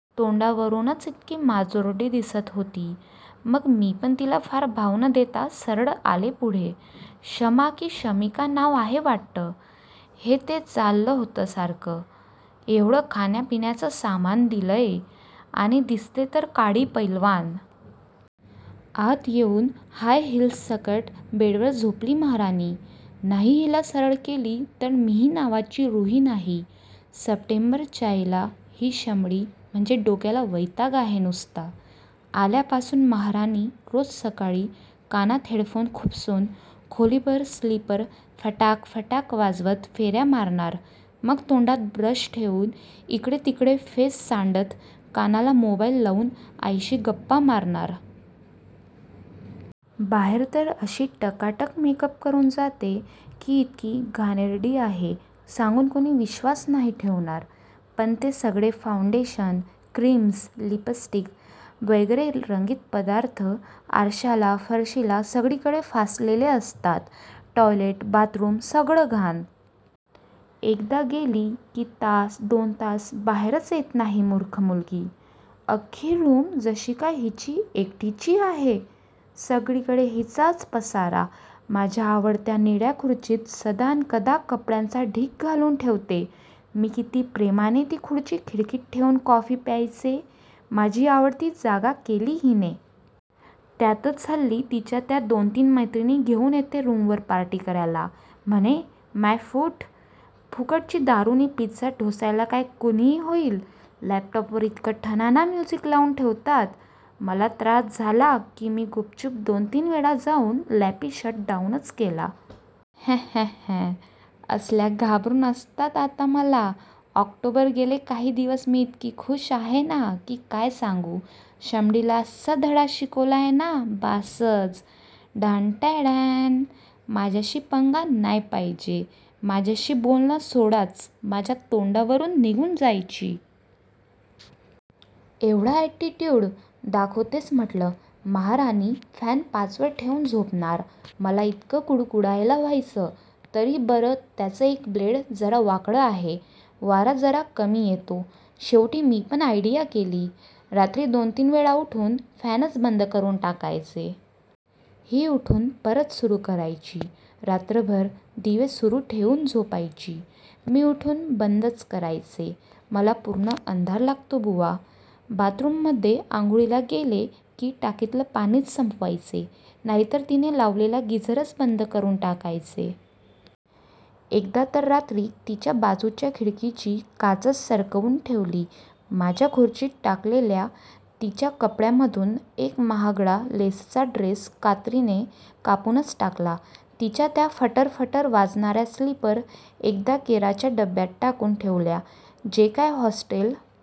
तोंडावरूनच इतकी माजोरडी दिसत होती. मग मीपण तिला फार भाव न देता सरळ आले पुढे. शमा की शमिका नाव आहे वाट्ट. हे, ते चाललं होतं सारखं. एवढं खाण्या पिण्याचं सामान दिलंय, आणि दिसते तर काडी पैलवान. आत येऊन हाय हिल्ससकट बेडवर झोपली महाराणी! नाही हिला सरळ केली तर मीही नावाची रुही नाही! सप्टेंबर च्यायला ही शमडी म्हणजे डोक्याला वैताग आहे नुसता. आल्यापासून महाराणी रोज सकाळी कानात हेडफोन खुपसून खोलीभर स्लीपर फटाक फटाक वाजवत फेऱ्या मारणार, मग तोंडात ब्रश ठेऊन इकडे तिकडे फेस सांडत कानाला मोबाईल लावून आईशी गप्पा मारणार. बाहेर तर अशी टकाटक मेकअप करून जाते की ही इतकी घाणेरडी आहे सांगून कुणी विश्वास नाही ठेवणार. पण ते सगळे फाऊंडेशन, क्रीम्स, लिपस्टिक वगैरे रंगीत पदार्थ आरश्याला, फरशीला सगळीकडे फासलेले असतात. टॉयलेट, बाथरूम सगळं घाण. एकदा गेली की तास- दोन तास बाहेरच येत नाही मूर्ख मुलगी. अख्खी रूम जशीकाय हिची एकटीची आहे! सगळीकडे हिचाच पसारा. माझ्या आवडत्या निळ्या खुर्चीत सदानकदा कपड्यांचा ढीग घालून ठेवते. मी किती प्रेमाने ती खुर्ची खिडकीत ठेऊन कॉफी प्यायचे, माझी आवडती जागा केली हिने. त्यातच हल्ली तिच्या त्या दोन तीन मैत्रिणी घेऊन येते रूमवर पार्टी करायला. म्हणे! माय फूट! फुकटची दारू नि पिझ्झा ढोसायला काय कुणीही होईल. लॅपटॉपवर इतकं ठणाणा म्युझिक लावून ठेवतात. मला त्रास झाला की मी गुपचूप दोन तीनवेळा जाऊन लॅपी शट डाऊनच केला. हॅहॅहॅ, असल्या घाबरून असतात आता मला. ऑक्टोबर गेले काही दिवस मी इतकी खुश आहे ना की काय सांगू! शमडीला अस्सा धडा शिकवलाय ना, बासच! ढाणटडॅण! माझ्याशी पंगा नाय पायजे. माझ्याशी बोलणं सोडाच, माझ्या तोंडावरून निघून जायची. एवढा ऍटीट्यूड! दाखवतेच म्हटलं. महाराणी फॅन पाचवर ठेऊन झोपणार, मला इतकं कुडकुडायला व्हायचं. तरी बरं त्याचं एक ब्लेड जरा वाकडं आहे, वारा जरा कमी येतो. शेवटी मीपण आयडिया केली. रात्री दोनतीन वेळा उठून फॅनच बंद करून टाकायचे. ही उठून परत सुरू करायची. रात्रभर दिवे सुरू ठेऊन झोपायची, मी उठून बंदच करायचे. मला पूर्ण अंधार लागतो बुवा. बाथरूममध्ये आंघोळीला गेले की टाकीतलं पाणीच संपवायचे, नाहीतर तिने लावलेला गिझरच बंद करून टाकायचे. एकदा तर रात्री तिच्या बाजूच्या खिडकीची काचच सरकवून ठेवली. माझ्या खुर्चीत टाकलेल्या तिच्या कपड्यामधून एक महागडा लेसचा ड्रेस कात्रीने कापूनच टाकला. तिच्या त्या फटर फटर वाजणाऱ्या स्लीपर एकदा केराच्या डब्यात टाकून ठेवल्या, जे काय हॉस्टेल